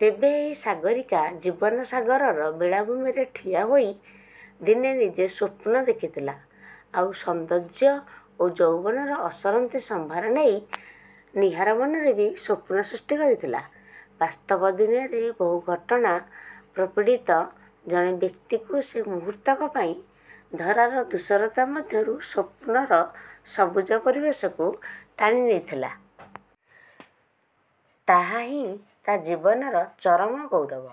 ତେବେ ଏଇ ସାଗରୀକା ଜୀବନ ସାଗରର ବେଳାଭୂମିରେ ଠିଆହୋଇ ଦିନେ ନିଜେ ସ୍ୱପ୍ନ ଦେଖିଥିଲା–ଆଉ ସୌନ୍ଦର୍ଯ୍ୟ ଓ ଯୌବନର ଅସରନ୍ତି ସମ୍ଭାର ନେଇ, ନୀହାର ମନରେ ବି ସ୍ୱପ୍ନ ସୃଷ୍ଟି କରିଥିଲା। ବାସ୍ତବଦୁନିଆରେ ବହୁଘଟଣା ପ୍ରପୀଡ଼ିତ, ଜଣେ ବ୍ୟକ୍ତିକୁ; ସେ ମୁହୂର୍ତ୍ତକ ପାଇଁ, ଧରାର-ଧୂଷରତା ମଧ୍ୟରୁ ସ୍ୱପ୍ନର ସବୁଜ ପରିବେଶକୁ ଟାଣିନେଇଥିଲା। ତାହାହିଁ ତା' ଜୀବନର ଚରମ ଗୌରବ;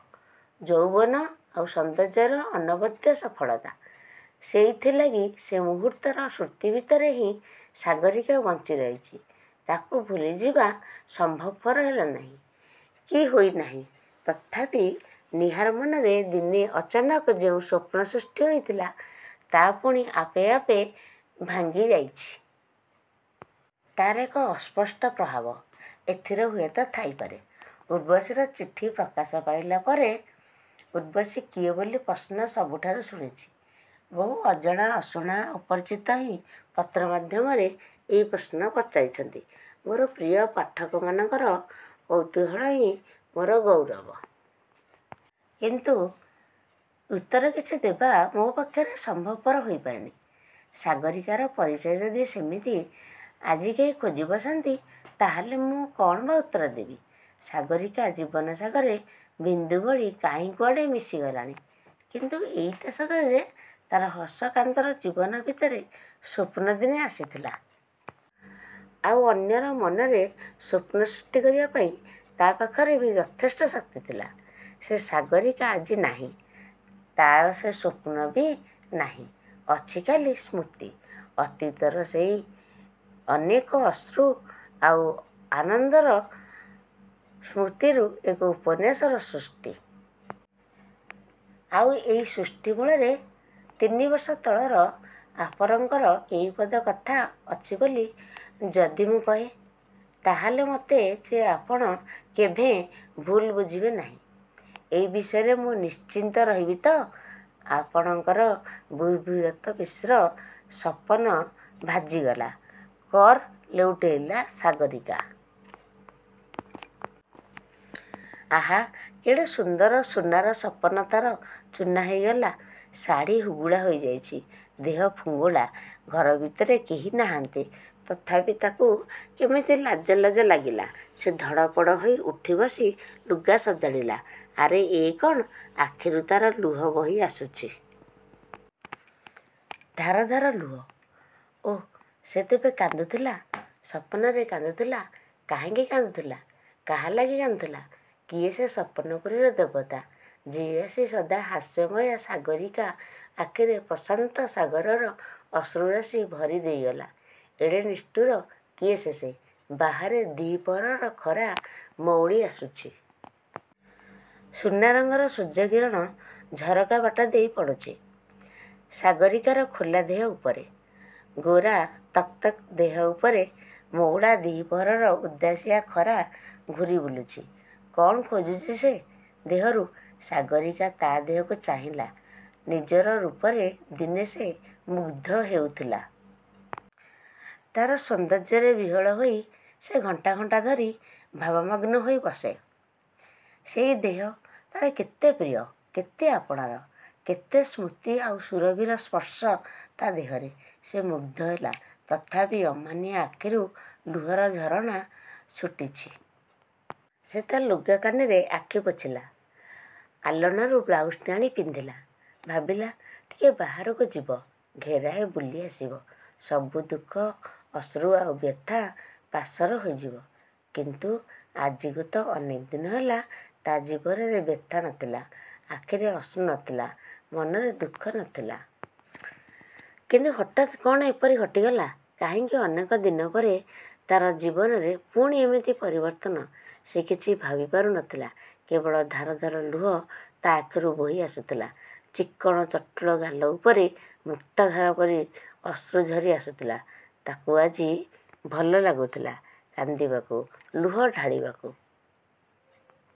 ଯୌବନ ଆଉ ସୌନ୍ଦର୍ଯ୍ୟର ଅନବଦ୍ୟ ସଫଳତା। ସେଇଥିଲାଗି ସେ ମୁହୂର୍ତ୍ତର ଶ୍ରୁତି ଭିତରେ ହିଁ ସାଗରୀକା ବଞ୍ଚି ରହିଛି–ତାକୁ ଭୁଲିଯିବା ସମ୍ଭବପର ହେଲା ନାହିଁ, କି ହୋଇ ନାହିଁ-। ତଥାପି ନୀହାର ମନରେ ଦିନେ ଅଚାନକ ଯେଉଁ ସ୍ୱପ୍ନ ସୃଷ୍ଟି ହୋଇଥିଲା, ତା' ପୁଣି ଆପେ ଆପେ ଭାଙ୍ଗିଯାଇଛି। ତା'ର ଏକ ଅସ୍ପଷ୍ଟ ପ୍ରଭାବ, ଏଥିରେ ହୁଏତ ଥାଇପାରେ। 'ଉର୍ବଶୀର ଚିଠି' ପ୍ରକାଶ ପାଇଲା ପରେ ଉର୍ବଶୀ କିଏ ବୋଲି ପ୍ରଶ୍ନ ସବୁଠାରୁ ଶୁଣିଛି। ବହୁ ଅଜଣା ଅଶୁଣା ଅପରିଚିତ ହି ପତ୍ର ମାଧ୍ୟମରେ ଏଇ ପ୍ରଶ୍ନ ପଚାରିଛନ୍ତି। ମୋର ପ୍ରିୟ ପାଠକମାନଙ୍କର କୌତୂହଳ ହିଁ ମୋର ଗୌରବ। କିନ୍ତୁ ଉତ୍ତର କିଛି ଦେବା ମୋ ପକ୍ଷରେ ସମ୍ଭବପର ହୋଇପାରିନି। ସାଗରୀକାର ପରିଚୟ ଯଦି ସେମିତି ଆଜି କେହି ଖୋଜିବସନ୍ତି ତା'ହେଲେ ମୁଁ କ'ଣ ବା ଉତ୍ତର ଦେବି? ସାଗରୀକା ଜୀବନସାଗରରେ ବିନ୍ଦୁ ଭଳି କାହିଁ କୁଆଡ଼େ ମିଶିଗଲାଣି। କିନ୍ତୁ ଏଇଟା ସତ ଯେ ତା'ର ହସ କାନ୍ଦର ଜୀବନ ଭିତରେ ସ୍ୱପ୍ନ ଦିନେ ଆସିଥିଲା। ଆଉ ଅନ୍ୟର ମନରେ ସ୍ୱପ୍ନ ସୃଷ୍ଟି କରିବା ପାଇଁ ତା' ପାଖରେ ବି ଯଥେଷ୍ଟ ଶକ୍ତି ଥିଲା। ସେ ସାଗରୀକା ଆଜି ନାହିଁ–ତା'ର ସେ ସ୍ୱପ୍ନ ବି ନାହିଁ; ଅଛି ଖାଲି ସ୍ମୃତି। ଅତୀତର ସେଇ ଅନେକ ଅଶ୍ରୁ ଆଉ ଆନନ୍ଦର ସ୍ମୃତିରୁ ଏକ ଉପନ୍ୟାସର ସୃଷ୍ଟି। ଆଉ ଏଇ ସୃଷ୍ଟି ମୂଳରେ, ତିନିବର୍ଷ ତଳର ଆପରଙ୍କର କେଇପଦ କଥା ଅଛି ବୋଲି ଯଦି ମୁଁ କହେ; ତା'ହେଲେ ମୋତେ ଯେ ଆପଣ କେଭେଁ ଭୁଲ୍-ବୁଝିବେ ନାହିଁ, ଏ ବିଷୟରେ ମୁଁ ନିଶ୍ଚିନ୍ତ ରହିବି ତ-? ଆପଣଙ୍କର ଭୁଭୁଦତ୍ତ ମିଶ୍ର ସପନ ଭାଜିଗଲା। କର୍ ଲେଉଟାଇଲା ସାଗରୀକା। ଆହା କେଡ଼େ ସୁନ୍ଦର ସୁନାର-ସପନ ତା'ର ଚୂନା ହେଇଗଲା। ଶାଢ଼ି ହୁଗୁଳା ହୋଇଯାଇଛି। ଦେହ ଫୁଙ୍ଗୁଳା। ଘର ଭିତରେ କେହି ନାହାନ୍ତି, ତଥାପି ତାକୁ କେମିତି ଲାଜ ଲାଜ ଲାଗିଲା। ସେ ଧଡ଼ପଡ଼ ହୋଇ ଉଠି ବସି ଲୁଗା ସଜାଡ଼ିଲା। ଆରେ ଏ କ'ଣ–ଆଖିରୁ ତା'ର ଲୁହ ବହି ଆସୁଛି। ଧାର ଧାର ଲୁହ। ଓଃ ସେ ତେବେ କାନ୍ଦୁଥିଲା। ସପନରେ କାନ୍ଦୁଥିଲା। କାହିଁକି କାନ୍ଦୁଥିଲା? କାହାଲାଗି କାନ୍ଦୁଥିଲା? କିଏ ସେ ସପନପୁରୀର ଦେବତା। ଯିଏ ଆସି ସଦା ହାସ୍ୟମୟା ସାଗରୀକା ଆଖିରେ ପ୍ରଶାନ୍ତ ସାଗରର ଅଶ୍ରୁରାଶି ଭରି ଦେଇଗଲା। ଏଡ଼େ ନିଷ୍ଟୁର, କିଏ ସେ? ବାହାରେ ଦ୍ୱିପ୍ରହରର ଖରା ମଉଳି ଆସୁଛି। ସୁନା ରଙ୍ଗର ସୂର୍ଯ୍ୟ କିରଣ ଝରକା ବାଟ ଦେଇ ପଡ଼ୁଛି, ସାଗରୀକାର ଖୋଲା ଦେହ ଉପରେ। ଗୋରା ତକତକ୍ ଦେହ ଉପରେ ମଉଳା ଦ୍ୱିପ୍ରହରର ଉଦାସିଆ ଖରା ଘୂରି ବୁଲୁଛି। କ'ଣ ଖୋଜୁଛି ସେ ଦେହରୁ। ସାଗରୀକା ତା' ଦେହକୁ ଚାହିଁଲା। ନିଜର ରୂପରେ ଦିନେ ସେ ମୁଗ୍ଧ ହେଉଥିଲା। ତା'ର ସୌନ୍ଦର୍ଯ୍ୟରେ ବିହ୍ୱଳ ହୋଇ ସେ ଘଣ୍ଟା ଘଣ୍ଟା ଧରି ଭାବମଗ୍ନ ହୋଇ ବସେ। ସେଇ ଦେହ, ତା'ର କେତେ ପ୍ରିୟ, କେତେ ଆପଣାର। କେତେ ସ୍ମୃତି ଆଉ ସୁରଭିର ସ୍ପର୍ଶ ତା' ଦେହରେ। ସେ ମୁଗ୍ଧ ହେଲା। ତଥାପି ଅମାନିଆଁ ଆଖିରୁ ଲୁହର ଝରଣା ଛୁଟିଛି। ସେ ତା' ଲୁଗା କାନିରେ ଆଖି ପୋଛିଲା। ଆଲଣାରୁ ବ୍ଲାଉଜଟେ ଆଣି ପିନ୍ଧିଲା। ଭାବିଲା–ଟିକେ ବାହାରକୁ ଯିବ। ଘେରାଏ ବୁଲି ଆସିବ। ସବୁ ଦୁଃଖ, ଅଶ୍ରୁ ଆଉ ବ୍ୟଥା ପାସୋର ହୋଇଯିବ। କିନ୍ତୁ ଆଜିକୁ ତ ଅନେକ ଦିନ ହେଲା ତା ଜୀବନରେ ବ୍ୟଥା ନଥିଲା; ଆଖିରେ ଅଶ୍ରୁ ନଥିଲା, ମନରେ ଦୁଃଖ ନଥିଲା। କିନ୍ତୁ ହଠାତ୍ କ'ଣ ଏପରି ଘଟିଗଲା। କାହିଁକି ଅନେକ ଦିନ ପରେ ତା'ର। ଜୀବନରେ ପୁଣି ଏମିତି ପରିବର୍ତ୍ତନ। ସେ କିଛି ଭାବିପାରୁ ନଥିଲା। କେବଳ ଧାର ଧାର ଲୁହ ତା' ଆଖିରୁ ବୋହି ଆସୁଥିଲା। ଚିକ୍କଣ ଚଟୁଳ ଗାଲ ଉପରେ ମୁକ୍ତାଧାର ପରି ଅଶ୍ରୁ ଝରି ଆସୁଥିଲା। ତାକୁ ଆଜି ଭଲ ଲାଗୁଥିଲା କାନ୍ଦିବାକୁ, ଲୁହ ଢାଳିବାକୁ।